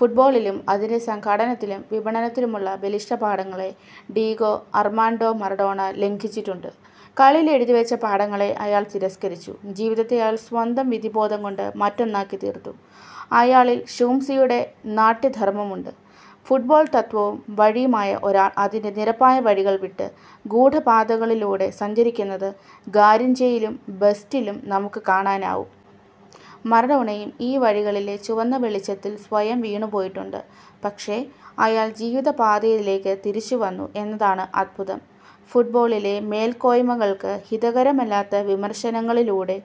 ഫുട്ബോളിലും അതിന്റെ സംഘാടനത്തിലും വിപണനത്തിലുമുള്ള ബലിഷ്ഠപാഠങ്ങളെ ഡീഗോ അർമാൻഡോ മറഡോണ ലംഘിച്ചിട്ടുണ്ട്. കളിയിൽ എഴുതിവെച്ച പാഠങ്ങളെ അയാൾ തിരസ്കരിച്ചു. ജീവിതത്തെ അയാൾ സ്വന്തം വിധിബോധംകൊണ്ട് മറ്റൊന്നാക്കിത്തീർത്തു. അയാളിൽ ഷൂംസിയുടെ നാട്യധർമമുണ്ട്. ഫുട്ബോൾ തത്ത്വവും വഴിയുമായ ഒരാൾ അതിന്റെ നിരപ്പായ വഴികൾ വിട്ട് ഗൂഢപാതകളിലൂടെ സഞ്ചരിക്കുന്നത് ഗാരിഞ്ചയിലും ബെസ്റ്റിലും നമുക്ക് കാണാനാവും. മറഡോണയും ഈ വഴികളിലെ ചുവന്ന വെളിച്ചത്തിൽ സ്വയം വീണുപോയിട്ടുണ്ട്. പക്ഷേ അയാൾ ജീവിതപ്പാതയിലേക്ക് തിരിച്ചുവന്നു എന്നതാണ് അദ്ഭുതം. ഫുട്ബോളിലെ മേൽക്കോയ്മകൾക്ക് ഹിതകരമല്ലാത്ത വിമർശനങ്ങളിലൂടെ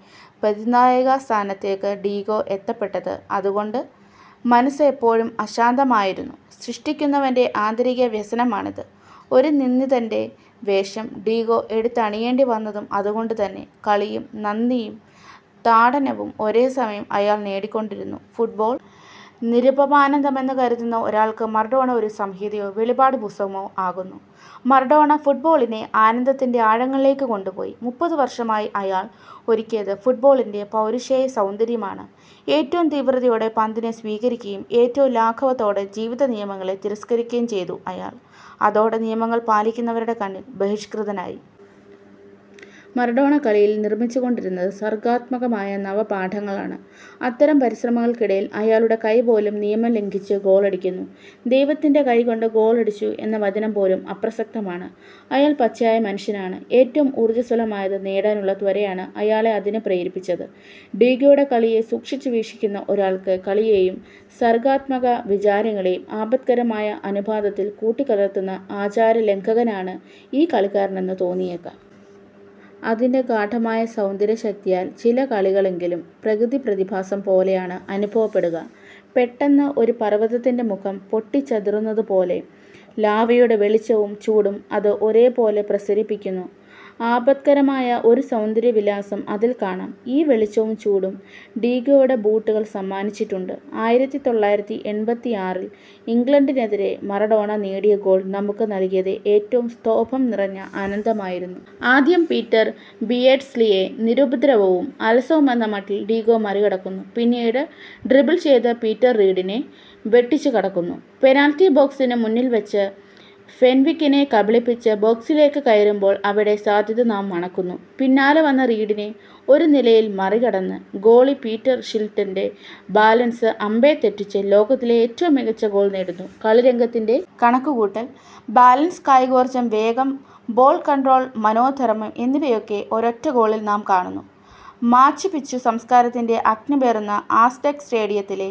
പ്രതിനായകസ്ഥാനത്താണ് ഡീഗോ എത്തപ്പെട്ടത്. അതുകൊണ്ട് മനസ്സ് എപ്പോഴും അശാന്തമായിരുന്നു. സൃഷ്ടിക്കുന്നവന്റെ ആന്തരിക വ്യസനമാണിത്. ഒരു നിന്ദിതന്റെ വേഷം ഡീഗോ എടുത്തണിയേണ്ടിവന്നതും അതുകൊണ്ടുതന്നെ. കളിയും നന്ദിയും താഡനവും ഒരേസമയം അയാൾ നേടിക്കൊണ്ടിരുന്നു. ഫുട്ബോൾ നിരുപമാനന്ദമെന്ന് കരുതുന്ന ഒരാൾക്ക് മറഡോണ ഒരു സംഹിതയോ വെളിപാടുപുസ്തകമോ ആകുന്നു. മറഡോണ ഫുട്ബോളിനെ ആനന്ദത്തിന്റെ ആഴങ്ങളിലേക്ക് കൊണ്ടുപോയി. മുപ്പത് വർഷമായി അയാൾ ഒരുക്കിയത് ഫുട്ബോളിന്റെ പൗരുഷേയസൗന്ദര്യമാണ്. ഏറ്റവും തീവ്രതയോടെ പന്തിനെ സ്വീകരിക്കുകയും ഏറ്റവും ലാഘവത്തോടെ ജീവിതനിയമങ്ങളെ തിരസ്കരിക്കുകയും ചെയ്തു അയാൾ. അതോടെ നിയമങ്ങൾ പാലിക്കുന്നവരുടെ കണ്ണിൽ ബഹിഷ്കൃതനായി. മറഡോണ കളിയിൽ നിർമിച്ചുകൊണ്ടിരുന്നത് സർഗാത്മകമായ നവപാഠങ്ങളാണ്. അത്തരം പരിശ്രമങ്ങൾക്കിടയിൽ അയാളുടെ കൈപോലും നിയമം ലംഘിച്ച് ഗോളടിക്കുന്നു. ദൈവത്തിന്റെ കൈകൊണ്ട് ഗോളടിച്ചു എന്ന വചനംപോലും അപ്രസക്തമാണ്. അയാൾ പച്ചയായ മനുഷ്യനാണ്. ഏറ്റവും ഉജ്ജ്വലമായത് നേടാനുള്ള ത്വരയാണ് അയാളെ അതിന് പ്രേരിപ്പിച്ചത്. ഡീഗോയുടെ കളിയെ സൂക്ഷിച്ചു വീക്ഷിക്കുന്ന ഒരാൾക്ക് കളിയെയും സർഗാത്മക വിചാരങ്ങളെയും ആപത്കരമായ അനുപാതത്തിൽ കൂട്ടിക്കലർത്തുന്ന ആചാരലംഘകനാണ് ഈ കളിക്കാരനെന്ന് തോന്നിയേക്കാം. അതിന്റെ ഗാഢമായ സൗന്ദര്യശക്തിയാൽ ചില കളികളെങ്കിലും പ്രകൃതിപ്രതിഭാസം പോലെയാണ് അനുഭവപ്പെടുക. പെട്ടെന്ന് ഒരു പർവതത്തിന്റെ മുഖം പൊട്ടിച്ചിതറുന്നതുപോലെ ലാവയുടെ വെളിച്ചവും ചൂടും അത് ഒരേപോലെ പ്രസരിപ്പിക്കുന്നു. ആപത്കരമായ ഒരു സൗന്ദര്യവിലാസം അതിൽ കാണാം. ഈ വെളിച്ചവും ചൂടും ഡീഗോയുടെ ബൂട്ടുകൾ സമ്മാനിച്ചിട്ടുണ്ട്. ആയിരത്തി തൊള്ളായിരത്തി എൺപത്തിയാറിൽ ഇംഗ്ലണ്ടിനെതിരെ മറഡോണ നേടിയ ഗോൾ നമുക്ക് നൽകിയത് ഏറ്റവും സ്തോഭം നിറഞ്ഞ ആനന്ദമായിരുന്നു. ആദ്യം പീറ്റർ ബിയേർഡ്സ്ലിയെ നിരുപദ്രവവും അലസവുമെന്ന മട്ടിൽ ഡീഗോ മറികടക്കുന്നു. പിന്നീട് ഡ്രിബിൾ ചെയ്ത് പീറ്റർ റീഡിനെ വെട്ടിച്ചുകടക്കുന്നു. പെനാൽറ്റി ബോക്സിന് മുന്നിൽവെച്ച് ഫെൻവിക്കിനെ കബളിപ്പിച്ച് ബോക്സിലേക്ക് കയറുമ്പോൾ അവിടെ സാധ്യത നാം മണക്കുന്നു. പിന്നാലെ വന്ന റീഡിനെ ഒരു നിലയിൽ മറികടന്ന് ഗോളി പീറ്റർ ഷിൽട്ടന്റെ ബാലൻസ് അമ്പേ തെറ്റിച്ച് ലോകത്തിലെ ഏറ്റവും മികച്ച ഗോൾ നേടുന്നു. കളിരംഗത്തിന്റെ കണക്കുകൂട്ടൽ ബാലൻസ് കായികോർജം വേഗം ബോൾ കൺട്രോൾ മനോധർമം എന്നിവയൊക്കെ ഒരൊറ്റ ഗോളിൽ നാം കാണുന്നു. മാച്ചുപിച്ചു സംസ്കാരത്തിന്റെ അഗ്നി പേറുന്ന ആസ്ടെക് സ്റ്റേഡിയത്തിലെ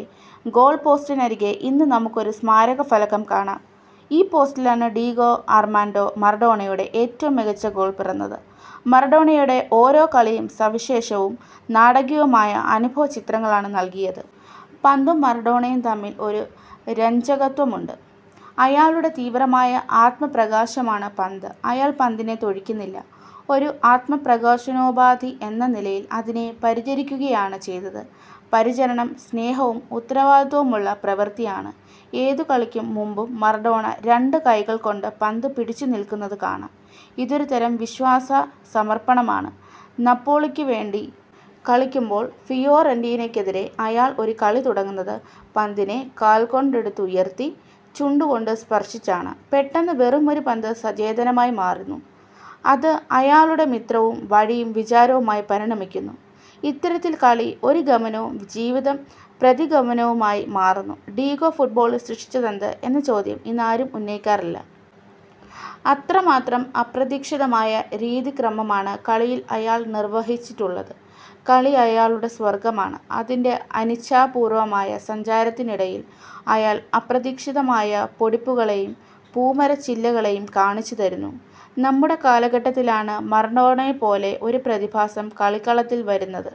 ഗോൾപോസ്റ്റിനരികെ ഇന്ന് നമുക്കൊരു സ്മാരകഫലകം കാണാം. ഈ പോസ്റ്റിലാണ് ഡീഗോ അർമാൻഡോ മറഡോണയുടെ ഏറ്റവും മികച്ച ഗോൾ പിറന്നത്. മറഡോണയുടെ ഓരോ കളിയും സവിശേഷവും നാടകീയവുമായ അനുഭവചിത്രങ്ങളാണ് നൽകിയത്. പന്തും മറഡോണയും തമ്മിൽ ഒരു രഞ്ജകത്വമുണ്ട്. അയാളുടെ തീവ്രമായ ആത്മപ്രകാശമാണ് പന്ത്. അയാൾ പന്തിനെ തൊഴിക്കുന്നില്ല. ഒരു ആത്മപ്രകാശനോപാധി എന്ന നിലയിൽ അതിനെ പരിചരിക്കുകയാണ് ചെയ്തത്. പരിചരണം സ്നേഹവും ഉത്തരവാദിത്വവുമുള്ള പ്രവൃത്തിയാണ്. ഏതു കളിക്കും മുമ്പും മറഡോണ രണ്ട് കൈകൾകൊണ്ടും പന്ത് പിടിച്ചുനിൽക്കുന്നതു കാണാം. ഇതൊരു തരം വിശ്വാസസമർപ്പണമാണ്. നപ്പോളിക്കുവേണ്ടി കളിക്കുമ്പോൾ ഫിയോറന്റീനയ്ക്കെതിരെ അയാൾ ഒരു കളി തുടങ്ങുന്നത് പന്തിനെ കാൽകൊണ്ടെടുത്തുയർത്തി ചുണ്ടുകൊണ്ട് സ്പർശിച്ചാണ്. പെട്ടെന്ന് വെറുമൊരു പന്ത് സചേതനമായി മാറുന്നു. അത് അയാളുടെ മിത്രവും വഴിയും വിചാരവുമായി പരിണമിക്കുന്നു. ഇത്തരത്തിൽ കളി ഒരു ഗമനവും ജീവിതം പ്രതിഗമനവുമായി മാറുന്നു. ഡീഗോ ഫുട്ബോളിൽ സൃഷ്ടിച്ചതെന്ത് എന്ന ചോദ്യം ഇന്ന് ആരും ഉന്നയിക്കാറില്ല. അത്രമാത്രം അപ്രതീക്ഷിതമായ രീതിക്രമമാണ് കളിയിൽ അയാൾ നിർവഹിച്ചിട്ടുള്ളത്. കളി അയാളുടെ സ്വർഗമാണ്. അതിന്റെ അനിച്ഛാപൂർവമായ സഞ്ചാരത്തിനിടയിൽ അയാൾ അപ്രതീക്ഷിതമായ പൊടിപ്പുകളെയും പൂമരച്ചില്ലകളെയും കാണിച്ചുതരുന്നു. നമ്മുടെ കാലഘട്ടത്തിലാണ് മറഡോണയെപ്പോലെ ഒരു പ്രതിഭാസം കളിക്കളത്തിൽ വരുന്നത്.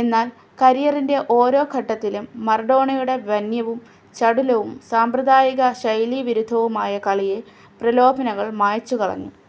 എന്നാൽ കരിയറിന്റെ ഓരോ ഘട്ടത്തിലും മറഡോണയുടെ വന്യവും ചടുലവും സാമ്പ്രദായിക ശൈലീവിരുദ്ധവുമായ കളിയെ പ്രലോഭനങ്ങൾ മായ്ച്ചുകളഞ്ഞു.